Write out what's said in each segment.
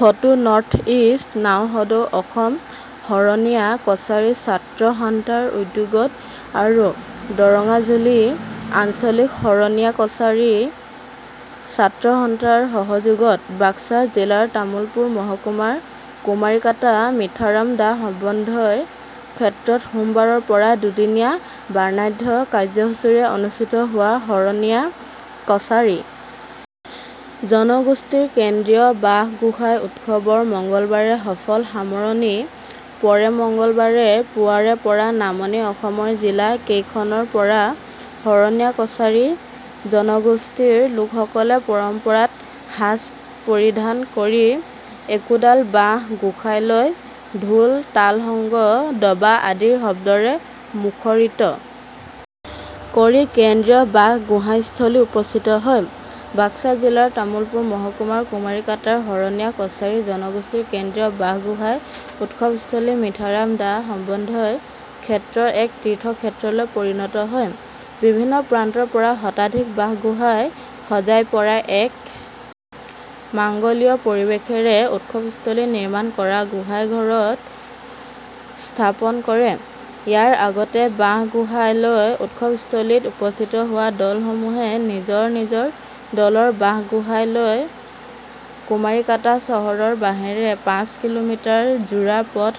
ফটোনৰ্থইষ্ট নাওসদৌ অসম শৰণীয়া কছাৰী ছাত্ৰ সন্থাৰ উদ্যোগত আৰু দৰঙাজুলি আঞ্চলিক শৰণীয়াকছাৰী ছাত্ৰ সন্থাৰ সহযোগত বাক্সা জিলাৰ তামুলপুৰ মহকুমাৰ কুমাৰীকাটা মিঠাৰাম দাস সমন্ধয় ক্ষেত্ৰত সোমবাৰৰ পৰা দুদিনীয়া বাৰ্ণাঢ্য কাৰ্যসূচীৰে অনুষ্ঠিত হোৱা শৰণীয়া কছাৰী জনগোষ্ঠীৰ কেন্দ্ৰীয় বাঁহ গোঁসাই উৎসৱৰ মঙলবাৰে সফল সামৰণি পৰে মঙলবাৰে পুৱাৰে পৰা নামনি অসমৰ জিলা কেইখনৰ পৰা শৰণীয়াকছাৰী জনগোষ্ঠীৰ লোকসকলে পৰম্পৰাত সাজ পৰিধান কৰি একোডাল বাঁহ গোঁসাই লৈ ঢোল তালশংখ দবা আদিৰ শব্দৰে মুখৰিত কৰি কেন্দ্ৰীয় বাঁহ গোসাইস্থলীত উপস্থিত হয়বাক্সা জিলাৰ তামুলপুৰ মহকুমাৰ কুমাৰীকাটাৰ শৰণীয়া কছাৰী জনগোষ্ঠীৰ কেন্দ্ৰীয় বাঁহ গোঁসাই উৎসৱস্থলী মিঠাৰাম দাস সমনধয় ক্ষেত্ৰ এক তীৰ্থ ক্ষেত্ৰলৈ পৰিনত হয়বিভিন্ন প্ৰান্তৰ পৰা শতাধিক বাঁহ গোঁসাই সজাইপৰাই এক মাঙ্গলিয় পৰিৱেশেৰে উৎসৱস্থলীত নিৰ্মাণ কৰা গোঁসাই ঘৰত স্থাপন কৰেইয়াৰ আগতে বাঁহ গোঁসাই লৈ উৎসৱস্থলীত উপস্থিত হোৱা দল সমূহে নিজৰ নিজৰ দলৰ বাঁহ গোঁসাই লৈ কুমাৰীকাটা চহৰৰ বাঁহেৰে পাঁচ কিলোমিটাৰ জোৰা পথ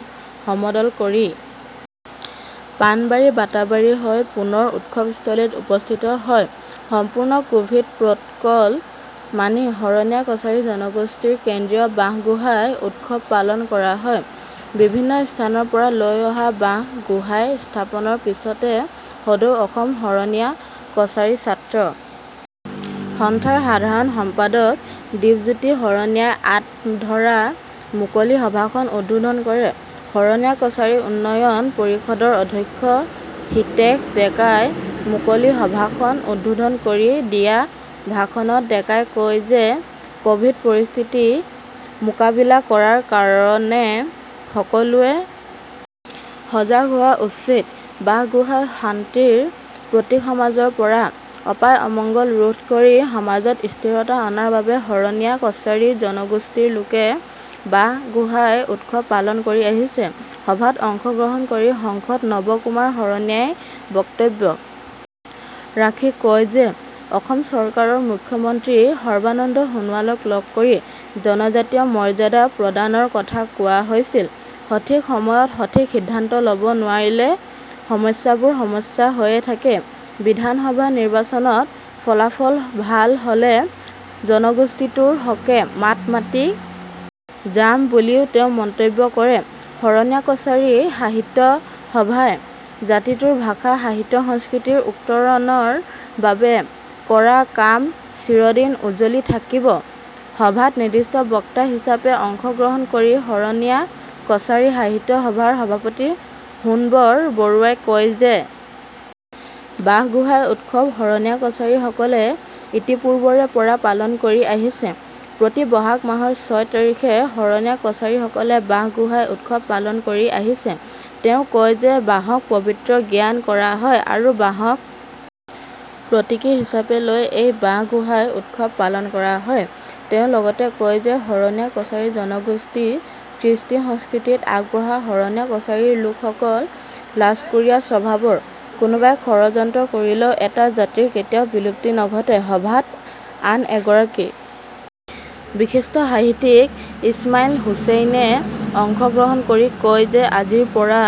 সমদল কৰি পানবাৰীবাটাবাৰী হৈ পুনৰ উৎসৱস্থলীত উপস্থিত হয়সম্পূৰ্ন কোভিড প্ৰটকল মানি শৰণীয়া কছাৰী জনগোষ্ঠীৰ কেন্দ্ৰীয় বাঁহ গোঁসাই উৎসৱ পালন কৰা হয় বিভিন্ন স্থানৰ পৰা লৈ অহা বাঁহ গোঁসাই স্থাপনৰ পিচতে সদৌ অসম শৰণীয়া কছাৰী ছাত্ৰ সন্থাৰ সাধাৰণ সম্পাদক দীপজ্যোতি শৰণীয়াই আঁত ধৰা মুকলি সভাখন উদ্বোধন কৰে শৰণীয়া কছাৰী উন্নয়ন পৰিষদৰ অধ্যক্ষ হিতেশ ডেকাই মুকলি সভাখন উদ্বোধন কৰি দিয়া ভাষণত ডেকাই কয় যে কভিড পৰিস্থিতি মোকাবিলা কৰাৰ কাৰনে সকলোৱে সজাগ হোৱা উচিতবাঁহ গোঁসাই শান্তিৰ প্ৰতীকসমাজৰ পৰা অপায় অমঙ্গল ৰোধ কৰি সামজত স্থিৰতা অনাৰ বাবে শৰণীয়া কছাৰী জনগোষ্ঠীৰ লোকে বাঁহ গোঁসাই উৎসৱ পালন কৰি আহিছেসভাত অংশ গ্ৰহণ কৰি সংসদ নৱ কুমাৰ শৰনীয়াই বক্তব্য ৰাখি কয় যে অসম চৰকাৰৰ মুখ্যমন্ত্ৰী সৰ্বানন্দ সোণোৱালক লগ কৰি জনজাতীয় মৰ্যাদা প্ৰদানৰ কথা কোৱা হৈছিলসঠিক সময়ত সঠিক সিদ্ধান্ত লব নোৱাৰিলে সমস্যাবোৰ সমস্যা হৈয়ে থাকেবিধানসভা নিৰ্বাচনত ফলাফল ভাল হলে জনগোষ্ঠীটোৰ হকে মাত মাতি যাম বুলিও তেওঁ মন্তব্য কৰে শৰণীয়াকছাৰী সাহিত্য সভাই জাতিটোৰ ভাষা সাহিত্যসংস্কৃতিৰ উত্তৰণৰ বাবে কৰা কাম চিৰদিন উজলি থাকিবসভাত নিৰ্দিষ্ট বক্তা হিচাপে অংশ গ্ৰহণ কৰি শৰনীয়া কছাৰী সাহিত্য সভাৰ সভাপতি সোনবৰ বৰুৱাই কয় যে বাঁহ গোঁসাই উৎসৱ শৰণীয়া কছাৰী সকলে ইতিপুৰ্বৰে পৰা পালন কৰি আহিছেপ্ৰতি বহাগ মাহৰ ছয় তাৰিখে শৰণীয়া কছাৰী সকলে বাঁহ গোঁসাই উৎসৱ পালন কৰি আহিছেতেওঁ কয় যে বাঁহক পৱিত্ৰ জ্ঞান কৰা হয় আৰু বাঁহক প্ৰতীকী হিচাপে লৈ এই বাঁহ গোঁসাই উৎসৱ পালন কৰা হয়তেওঁ লগতে কয় যে শৰণীয়া কছাৰী জনগোষ্ঠী কৃষ্টি সংস্কৃতিত আগবঢ়াশৰণীয়া কছাৰীৰ লোক সকল লাজকুৰীয়া স্বভাৱৰকোনোবাই ষড়যন্ত্ৰ কৰিলেও এটা জাতিৰ কেতিয়াও বিলুপ্তি নঘটেসভাত আন এগৰাকী বিশিষ্ট সাহিত্যিক ইছমাইল হুছেইনে অংশ গ্ৰহণ কৰি কয় যে আজিৰ পৰা